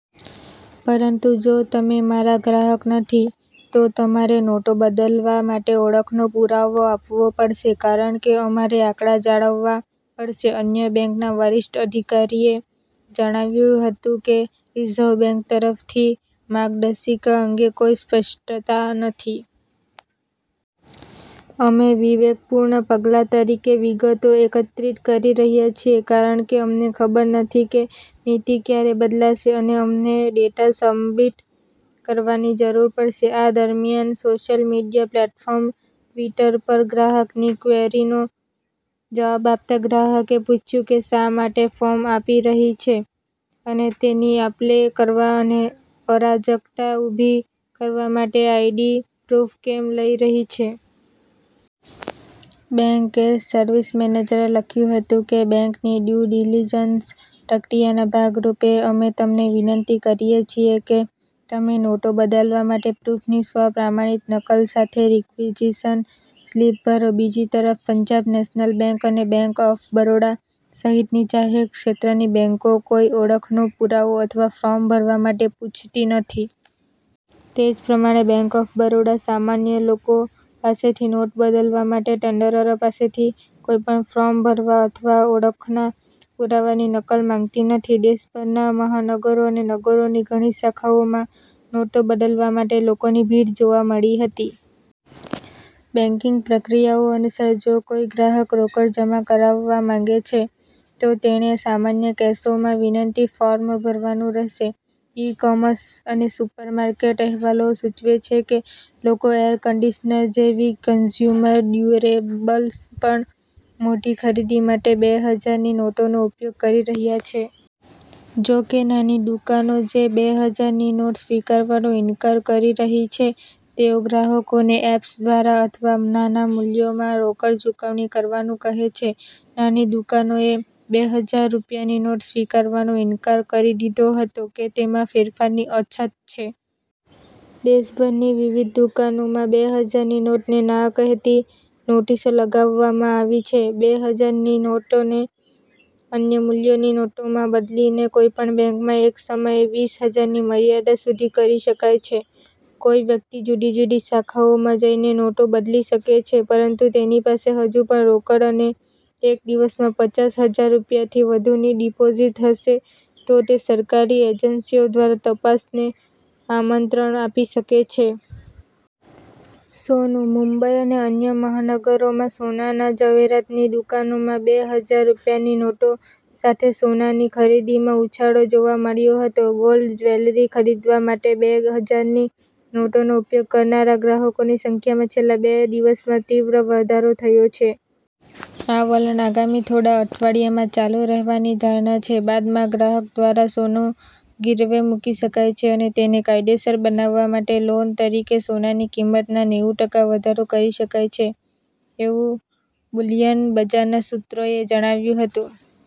પરંતુ જો તમે મારા ગ્રાહક નથી, તો તમારે નોટો બદલવા માટે ઓળખનો પુરાવો આપવો પડશે કારણ કે અમારે આંકડા જાળવવા પડશે. " અન્ય બેંકના વરિષ્ઠ અધિકારીએ જણાવ્યું હતું કે, "રિઝર્વ બેંક તરફથી માર્ગદર્શિકા અંગે કોઈ સ્પષ્ટતા નથી. અમે વિવેકપૂર્ણ પગલા તરીકે વિગતો એકત્રિત કરી રહ્યા છીએ કારણ કે અમને ખબર નથી કે નીતિ ક્યારે બદલાશે અને અમને ડેટા સબમિટ કરવાની જરૂર પડશે. " આ દરમિયાન, સોશિયલ મીડિયા પ્લેટફોર્મ ટ્વિટર પર ગ્રાહકની ક્વેરીનો જવાબ આપતાં ગ્રાહકે પૂછ્યું કે " શા માટે ફોર્મ આપી રહી છે અને તેની આપલે કરવા અને અરાજકતા ઊભી કરવા માટે આઈડી પ્રૂફ કેમ લઈ રહી છે?" બેંક કેર્સ સર્વિસ મેનેજરે લખ્યું હતું કે., "બેંકની ડ્યુ ડિલિજન્સ પ્રક્રિયાના ભાગ રૂપે, અમે તમને વિનંતી કરીએ છીએ કે તમે નોટો બદલવા માટે પ્રૂફની સ્વ-પ્રમાણિત નકલ સાથે રિક્વિઝિશન સ્લિપ ભરો. " બીજી તરફ, પંજાબ નેશનલ બેંક અને બેંક ઓફ બરોડા સહિતની જાહેર ક્ષેત્રની બેંકો કોઈ ઓળખનો પુરાવો અથવા ફોર્મ ભરવા માટે પૂછતી નથી. તે જ પ્રમાણે, બેંક ઓફ બરોડા સામાન્ય લોકો પાસેથી નોટ બદલવા માટે ટેન્ડરર પાસેથી કોઈપણ ફોર્મ ભરવા અથવા ઓળખના પુરાવાની નકલ માંગતી નથી. દેશભરના મહાનગરો અને નગરોની ઘણી શાખાઓમાં નોટો બદલવા માટે લોકોની ભીડ જોવા મળી હતી. બેંકિંગ પ્રક્રિયાઓ અનુસાર, જો કોઈ ગ્રાહક રોકડ જમા કરાવવા માંગે છે, તો તેણે સામાન્ય કેસોમાં વિનંતી ફોર્મ ભરવાનું રહેશે. ઈ-કોમર્સ અને સુપર માર્કેટ: અહેવાલો સૂચવે છે કે લોકો એર કંડિશનર જેવી કન્ઝ્યુમર ડ્યુરેબલ્સ પણ મોટી ખરીદી માટે બે હજારની નોટોનો ઉપયોગ કરી રહ્યા છે. જો કે, નાની દુકાનો જે બે હજારની નોટ સ્વીકારવાનો ઇનકાર કરી રહી છે તેઓ ગ્રાહકોને એપ્સ દ્વારા અથવા નાના મૂલ્યોમાં રોકડ ચૂકવણી કરવાનું કહે છે. નાની દુકાનોએ બે હજાર રૂપિયાની નોટ સ્વીકારવાનો ઇનકાર કરી દીધો હતો કે તેમાં ફેરફારની અછત છે. દેશભરની વિવિધ દુકાનોમાં બે હજારની નોટને 'ના' કહેતી નોટિસો લગાવવામાં આવી છે. બે હજાર ની નોટોને અન્ય મૂલ્યોની નોટોમાં બદલીને કોઈપણ બેંકમાં એક સમયે વીસ હજારની મર્યાદા સુધી કરી શકાય છે. કોઈ વ્યક્તિ જુદી જુદી શાખાઓમાં જઈને નોટો બદલી શકે છે પરંતુ તેની પાસે હજુ પણ રોકડ અને એક દિવસમાં પચાસ હજાર રૂપિયાથી વધુની ડિપોઝિટ હશે તો તે સરકારી એજન્સીઓ દ્વારા તપાસને આમંત્રણ આપી શકે છે. સોનું: મુંબઈ અને અન્ય મહાનગરોમાં સોનાના ઝવેરાતની દુકાનોમાં બે હજાર રૂપિયાની નોટો સાથે સોનાની ખરીદીમાં ઉછાળો જોવા મળ્યો હતો. ગોલ્ડ જ્વેલરી ખરીદવા માટે બે હજારની નોટનો ઉપયોગ કરનારા ગ્રાહકોની સંખ્યામાં છેલ્લા બે દિવસમાં તીવ્ર વધારો થયો છે. આ વલણ આગામી થોડા અઠવાડિયામાં ચાલુ રહેવાની ધારણા છે. બાદમાં ગ્રાહક દ્વારા સોનું ગીરવે મૂકી શકાય છે અને તેને કાયદેસર બનાવવા માટે લોન તરીકે સોનાની કિંમતના નેવું ટકા વધારો કરી શકાય છે, એમ બુલિયન બજારના સૂત્રએ જણાવ્યું હતું.